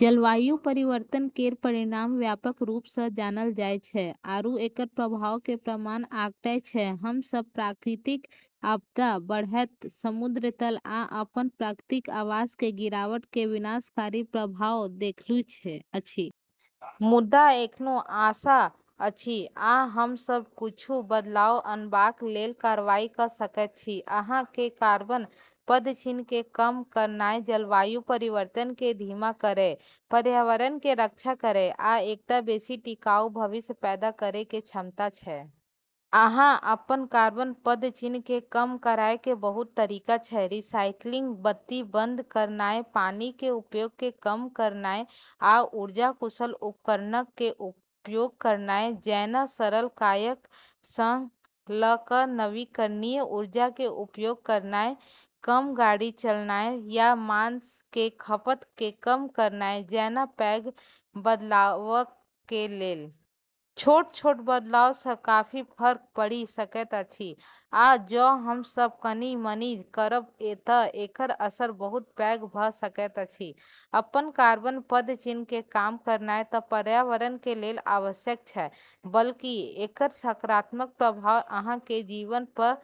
जलवायु परिवर्तन केर परिणाम व्यापक रूप स जानल जाय छै, आरू एकर प्रभाव के प्रमाण अकाट्य छै। हम सब प्राकृतिक आपदा, बढ़ैत समुद्र तल, आ अपन प्राकृतिक आवास के गिरावट के विनाशकारी प्रभाव देखलहुं अछि। मुदा एखनो आशा अछि, आ हम सब किछु बदलाव अनबाक लेल कार्रवाई क सकैत छी। अहां के कार्बन पदचिह्न के कम करनाय जलवायु परिवर्तन के धीमा करय, पर्यावरण के रक्षा करय आ एकटा बेसि टिकाऊ भविष्य पैदा करय के क्षमता छै। अहां अपन कार्बन पदचिह्न के कम करय के बहुत तरीका छै, रिसाइकिलिंग, बत्ती बंद करनाय, पानी के उपयोग के कम करनाय, आ ऊर्जा-कुशल उपकरणक के उपयोग करनाय जैना सरल कार्यक सं ल क नवीकरणीय ऊर्जा के उपयोग करनाय, कम गाड़ी चलानाय, या मांस के खपत के कम करनाय जैना पैघ बदलावक के लेल। छोट-छोट बदलाव स काफी फर्क पड़ि सकैत अछि, आ जौं हम सब कनि-मनि करब त एकर असर बहुत पैघ भ सकैत अछि। अपन कार्बन पदचिह्न के कम करनाय त पर्यावरण के लेल आवश्यक छै, बल्कि एकर सकारात्मक प्रभाव अहां के जीवन पर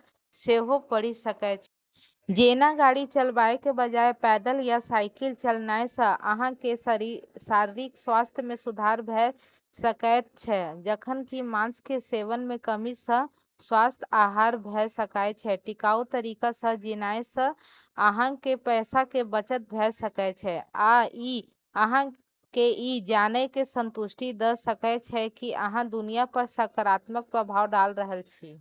सेहो पड़ि सकय छै। जेना, गाड़ी चलाबय के बजाय पैदल या साइकिल चलानाय सं अहां के शारीरिक स्वास्थ्य मे सुधार भ सकएयत छै, जखन कि मांस के सेवन मे कमी सं स्वस्थ आहार भ सकएय छै। टिकाऊ तरीका सं जीनाय सं अहां के पैसा के बचत भ सकय छै, आ इ अहां के इ जानय के संतुष्टि द सकय छै कि अहां दुनिया पर सकारात्मक प्रभाव डाल रहल छी।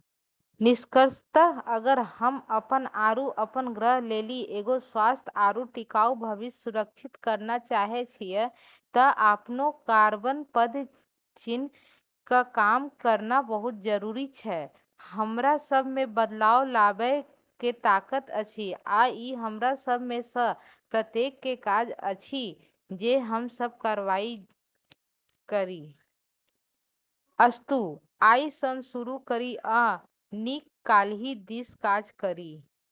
निष्कर्षतः, अगर हम अपन आरू अपन ग्रह लेली एगो स्वस्थ आरू टिकाऊ भविष्य सुरक्षित करना चाहै छियै त आपनो कार्बन पदचिह्न क कम करना बहुत जरूरी छै। हमरा सब में बदलाव लाबय के ताकत अछि, आ ई हमरा सब में स प्रत्येक के काज अछि जे हम सब कार्रवाई करी। अस्तु, आइ सं शुरू करी आ नीक काल्हि दिस काज करी।